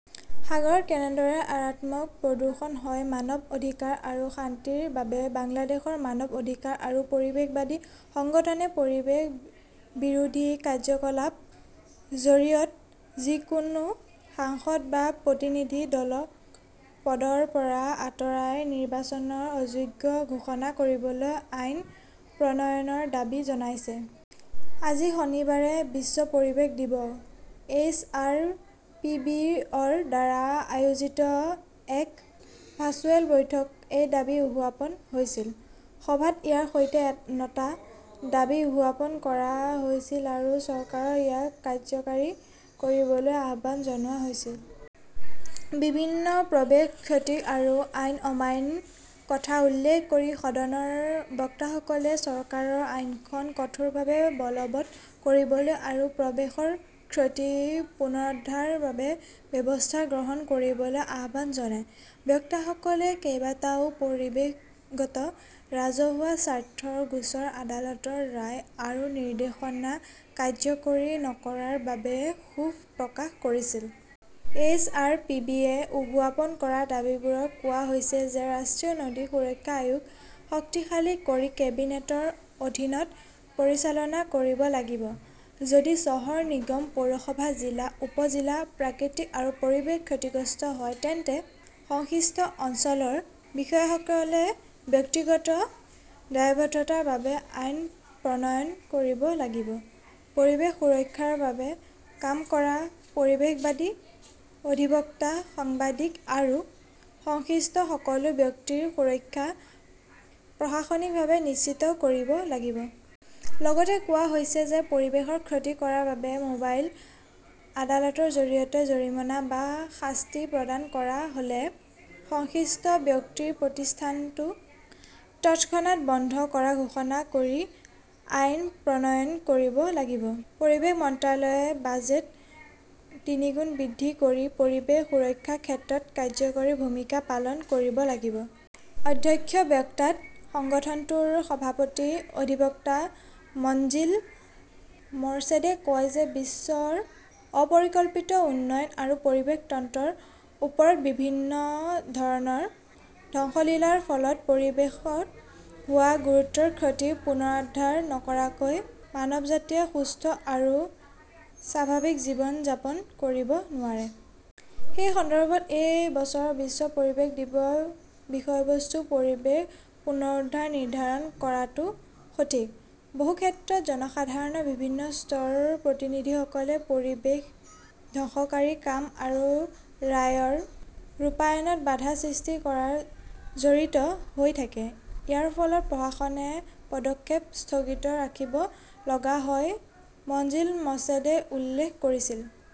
সাগৰত কেনেদৰে মাৰাত্মক প্ৰদূষণ হয় মানৱ অধিকাৰ আৰু শান্তিৰ বাবে বাংলাদেশৰ মানৱ অধিকাৰ আৰু পৰিৱেশবাদী সংগঠনে পৰিৱেশ বিৰোধী কাৰ্যকলাপত জড়িত যিকোনো সাংসদ বা প্ৰতিনিধি দলক পদৰ পৰা আঁতৰাই নিৰ্বাচনত অযোগ্য ঘোষণা কৰিবলৈ আইন প্ৰণয়নৰ দাবী জনাইছে। আজি শনিবাৰে বিশ্ব পৰিৱেশ দিৱস এইচ. আৰ. পি. বি. -ৰ দ্বাৰা আয়োজিত এক ভাৰ্চুৱেল বৈঠকত এই দাবী উত্থাপন হৈছিল। সভাত ইয়াৰ সৈতে নটা দাবী উত্থাপন কৰা হৈছিল আৰু চৰকাৰক ইয়াক কাৰ্যকৰী কৰিবলৈ আহ্বান জনোৱা হৈছিল। বিভিন্ন পৰিৱেশৰ ক্ষতি আৰু আইন অমান্যৰ কথা উল্লেখ কৰি সদনৰ বক্তাসকলে চৰকাৰক আইনখন কঠোৰভাৱে বলৱৎ কৰিবলৈ আৰু পৰিৱেশৰ ক্ষতি পুনৰুদ্ধাৰৰ বাবে ব্যৱস্থা গ্ৰহণ কৰিবলৈ আহ্বান জনায়। বক্তাসকলে কেইবাটাও পৰিৱেশগত ৰাজহুৱা স্বাৰ্থৰ গোচৰত আদালতৰ ৰায় আৰু নিৰ্দেশনা কাৰ্যকৰী নকৰাৰ বাবেও ক্ষোভ প্ৰকাশ কৰিছিল। এইচ. আৰ. পি. বি. য়ে উত্থাপন কৰা দাবীবোৰত কোৱা হৈছে যে ৰাষ্ট্ৰীয় নদী সুৰক্ষা আয়োগক শক্তিশালী কৰি কেবিনেটৰ অধীনত পৰিচালনা কৰিব লাগিব। যদি চহৰ নিগম, পৌৰসভা, জিলা, উপ জিলাত প্ৰকৃতি আৰু পৰিৱেশ ক্ষতিগ্ৰস্ত হয় তেন্তে সংশ্লিষ্ট অঞ্চলৰ বিষয়াসকলে ব্যক্তিগত দায়বদ্ধতাৰ বাবে আইন প্ৰণয়ন কৰিব লাগিব; পৰিৱেশ সুৰক্ষাৰ বাবে কাম কৰা পৰিৱেশবিদ, অধিবক্তা, সাংবাদিক আৰু সংশ্লিষ্ট সকলো ব্যক্তিৰ সুৰক্ষা প্ৰশাসনিকভাৱে নিশ্চিত কৰিব লাগিব। লগতে কোৱা হৈছে যে পৰিৱেশৰ ক্ষতি কৰাৰ বাবে মোবাইল আদালতৰ জৰিয়তে জৰিমনা বা শাস্তি প্ৰদান কৰা হ'লে সংশ্লিষ্ট ব্যক্তিৰ প্ৰতিষ্ঠানটো তৎক্ষণাত বন্ধ কৰা ঘোষণা কৰি আইন প্ৰণয়ন কৰিব লাগিব। পৰিৱেশ মন্ত্ৰালয়ে বাজেট তিনিগুণ বৃদ্ধি কৰি পৰিৱেশ সুৰক্ষাৰ ক্ষেত্ৰত কাৰ্যকৰী ভূমিকা পালন কৰিব লাগিব। অধ্যক্ষীয় বক্তৃতাত সংগঠনটোৰ সভাপতি অধিবক্তা মনজিল মৰ্ছেদে কয় যে বিশ্বৰ অপৰিকল্পিত উন্নয়ন আৰু পৰিৱেশ তন্ত্ৰৰ ওপৰত বিভিন্ন ধৰণৰ ধ্বংসলীলাৰ ফলত পৰিৱেশত হোৱা গুৰুতৰ ক্ষতি পুনৰুদ্ধাৰ নকৰাকৈ মানৱজাতিয়ে সুস্থ আৰু স্বাভাৱিক জীৱন যাপন কৰিব নোৱাৰে। সেই সন্দৰ্ভত এই বছৰৰ বিশ্ব পৰিৱেশ দিৱসৰ বিষয়বস্তু "পৰিৱেশ পুনৰুদ্ধাৰ "নিৰ্ধাৰণ কৰাটো সঠিক। বহু ক্ষেত্ৰত জনসাধাৰণৰ বিভিন্ন স্তৰৰ প্ৰতিনিধিসকলে পৰিৱেশ ধ্বংসকাৰী কাম আৰু ৰায়ৰ ৰূপায়ণত বাধা সৃষ্টি কৰাত জড়িত হৈ থাকে। ইয়াৰ ফলত প্ৰশাসনে পদক্ষেপ স্থগিত ৰাখিব লগা হয়, মনজিল মৰ্ছেদে উল্লেখ কৰিছিল।